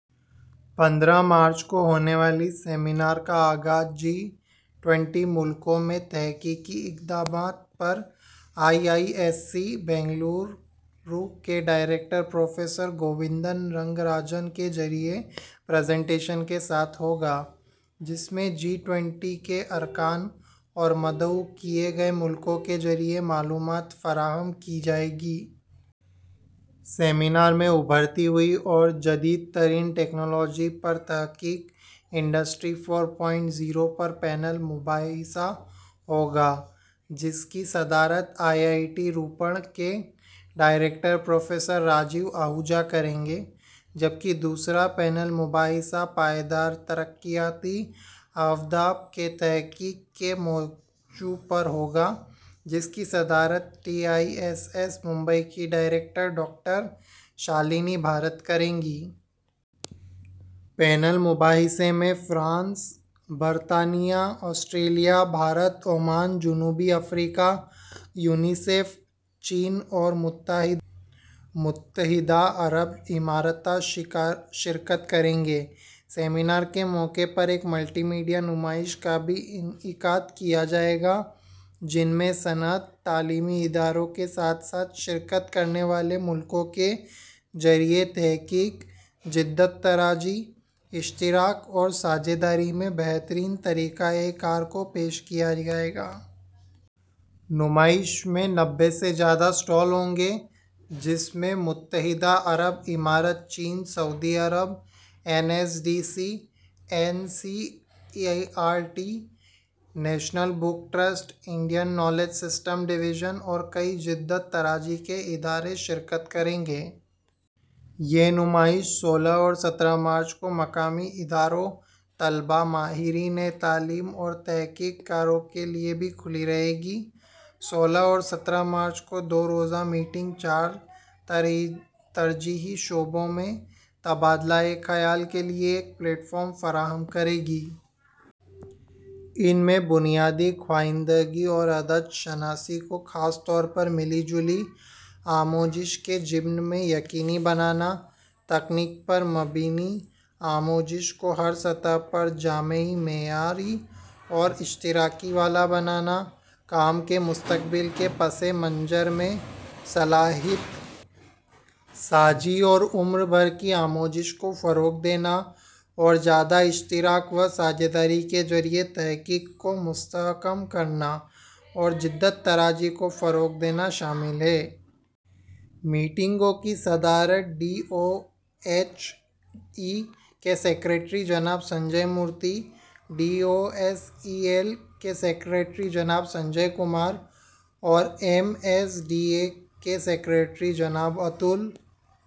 پندرہ مارچ کو ہونے والے سیمینار کا آغاز جی ٹوئنٹی ملکوں میں تحقیقی اقدامات پر آئی آئی ایس سی بینگلورو کے ڈائریکٹر پروفیسر گووندن رنگا راجن کے ذریعے پریزنٹیشن کے ساتھ ہوگا، جس میں جی ٹوئنٹی کے ارکان اور مدعو کیے گئے ملکوں کے ذریعے معلومات فراہم کی جائے گی۔ سیمینار میں ابھرتی ہوئی اور جدید ترین ٹیکنالوجی پر تحقیق، انڈسٹری فور پوائنٹ زیرو پر پینل مباحثہ ہوگا، جس کی صدارت آئی آئی ٹی روپڑ کے ڈائریکٹر پروفیسر راجیو آہوجہ کریں گے، جبکہ دوسرا پینل مباحثہ پائیدار ترقیاتی اہداف میں تحقیق کے موضوع پر ہوگا، جس کی صدارت T I S S Mumbai کی ڈائریکٹر ڈاکٹر شالنی بھارت کریں گی۔ پینل مباحثے میں فرانس، برطانیہ، آسٹریلیا، بھارت، عمان، جنوبی افریقہ، یونیسیف، چین اور متحدہ عرب امارات شرکت کریں گے۔ سیمینار کے موقع پر ایک ملٹی میڈیا نمائش کا بھی انعقاد کیا جائے گا، جس میں صنعت، تعلیمی اداروں کے ساتھ ساتھ شرکت کرنے والے ملکوں کے ذریعے تحقیق، جدت طرازی، اشتراک اور ساجھیداری میں بہترین طریقہ کار کو پیش کیا جائے گا۔ نمائش میں نوّے سے زیادہ اسٹال ہوں گے، جس میں متحدہ عرب امارات، چین، سعودی عرب، N S D C, N C E R T, National Book Trust, Indian knowledge system division اور کئی جدت طرازی کے ادارے شرکت کریں گے۔ یہ نمائش سولہ اور سترہ مارچ کو مقامی اداروں، طلباء، ماہرین تعلیم اور تحقیق کاروں کے لیے بھی کھلی رہے گی۔ سولہ اور سترہ مارچ کو دو روزہ میٹنگ چار ترجیحی شعبوں میں تبادلہ خیال کے لیے ایک پلیٹ فارم فراہم کرے گی۔ ان میں بنیادی خواندگی اور عدد شناسی کو، خاص طور پر ملی جلی آموزش کے ضمن میں یقینی بنانا، تکنیک پر مبنی آموزش کو ہر سطح پر جامع، معیاری اور اشتراک والا بنانا، کام کے مستقبل کے پس منظر میں صلاحیت سازی اور عمر بھر کی آموزش کو فروغ دینا، اور زیادہ اشتراک و ساجھیداری کے ذریعے تحقیق کو مستحکم کرنا اور جدت طرازی کو فروغ دینا شامل ہیں۔ میٹنگوں کی صدارت ڈی او ایچ ای کے سکریٹری جناب Sanjay Murthy, D O S E L کے سکریٹری جناب سنجے کمار اور ایم ایس ڈی ای کے سکریٹری جناب اتل